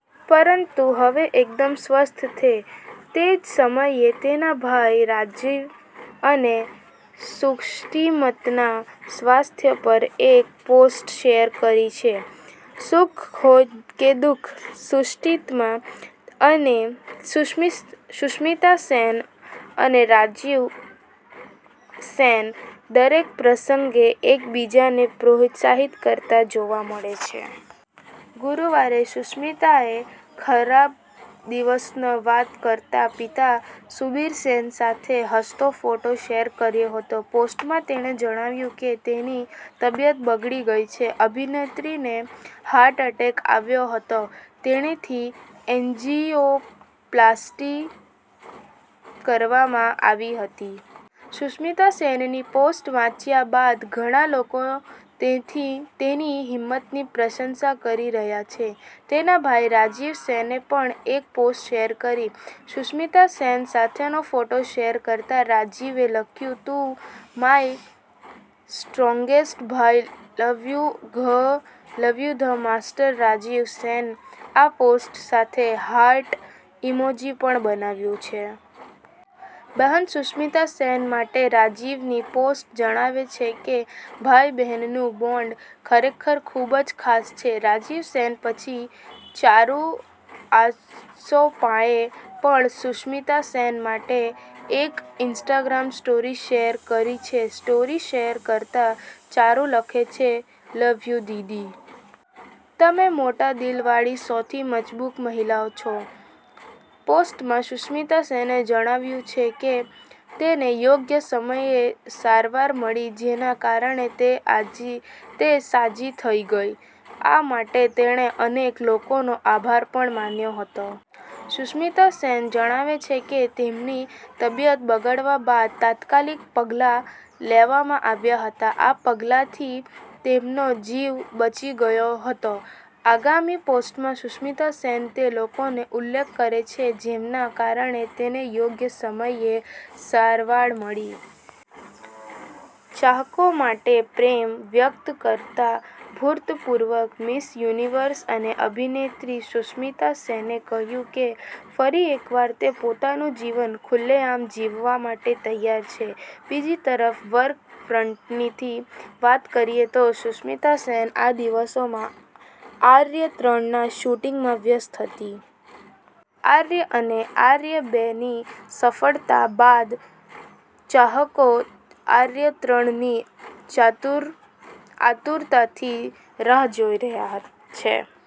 પરંતુ હવે તે એકદમ સ્વસ્થ છે. તે જ સમયે, તેના ભાઈ રાજીવ સેને સુસ્તીમતના સ્વાસ્થ્ય પર એક પોસ્ટ શેર કરી છે. સુખ હોય કે દુઃખ, સુષ્મિતા સેન અને રાજીવ સેન દરેક પ્રસંગે એકબીજાને પ્રોત્સાહિત કરતા જોવા મળે છે. ગુરુવારે સુષ્મિતાએ ખરાબ દિવસોની વાત કરતા પિતા સુબીર સેન સાથે હસતો ફોટો શેર કર્યો હતો. પોસ્ટમાં તેણે જણાવ્યું કે તેની તબિયત બગડી ગઈ છે. અભિનેત્રીને હાર્ટ એટેક આવ્યો હતો, તેણીની એન્જીયોપ્લાસ્ટી કરવામાં આવી હતી. સુષ્મિતા સેનની પોસ્ટ વાંચ્યા બાદ ઘણા લોકો તેની હિંમતની પ્રશંસા કરી રહ્યા છે. તેના ભાઈ રાજીવ સેને પણ એક પોસ્ટ શેર કરી છે. સુષ્મિતા સેન સાથેનો ફોટો શેર કરતા રાજીવે લખ્યું તું માય સ્ટ્રોંગેસ્ટ ભાઈ love you the master Rajiv સેને આ પોસ્ટ સાથે હાર્ટ ઇમોજી પણ બનાવ્યું છે. બહેન સુષ્મિતા સેન માટે રાજીવની પોસ્ટ જણાવે છે કે ભાઈ-બહેનનું બોન્ડ ખરેખર ખૂબ જ ખાસ છે. રાજીવ સેન પછી ચારુ આસોપાએ પણ સુષ્મિતા સેન માટે એક ઈન્સ્ટાગ્રામ સ્ટોરી શેર કરી છે. સ્ટોરી શેર કરતાં ચારુ લખે છે, 'લવ યુ દીદી. તમે મોટા દિલ વાળી સૌથી મજબૂત મહિલા છો. પોસ્ટમાં સુષ્મિતા સેને જણાવ્યું કે તેને યોગ્ય સમયે સારવાર મળી, જેના કારણે તે સાજી થઈ ગઈ. આ માટે તેણે અનેક લોકોનો આભાર પણ માન્યો હતો. સુષ્મિતા સેન જણાવે છે કે તેમની તબિયત બગડ્યા બાદ તાત્કાલિક પગલાં લેવામાં આવ્યા હતા, આ પગલાંથી તેમનો જીવ બચી ગયો હતો. આગામી પોસ્ટમાં, સુષ્મિતા સેન તે લોકોનો ઉલ્લેખ કરશે, જેમના કારણે તેને યોગ્ય સમયે સારવાર મળી. ચાહકો માટે પ્રેમ વ્યક્ત કરતા ભૂતપૂર્વ મિસ યુનિવર્સ અને અભિનેત્રી સુષ્મિતા સેને કહ્યું કે ફરી એકવાર તે પોતાનું જીવન ખુલ્લેઆમ જીવવા માટે તૈયાર છે. બીજી તરફ વર્ક ફ્રન્ટની વાત કરીએ તો સુષ્મિતા સેન આ દિવસોમાં આર્ય ત્રણના શૂટિંગમાં વ્યસ્ત છે. આર્ય અને આર્ય બે ની સફળતા બાદ ચાહકો આર્ય ત્રણ ની આતુરતાથી રાહ જોઈ રહ્યા છે.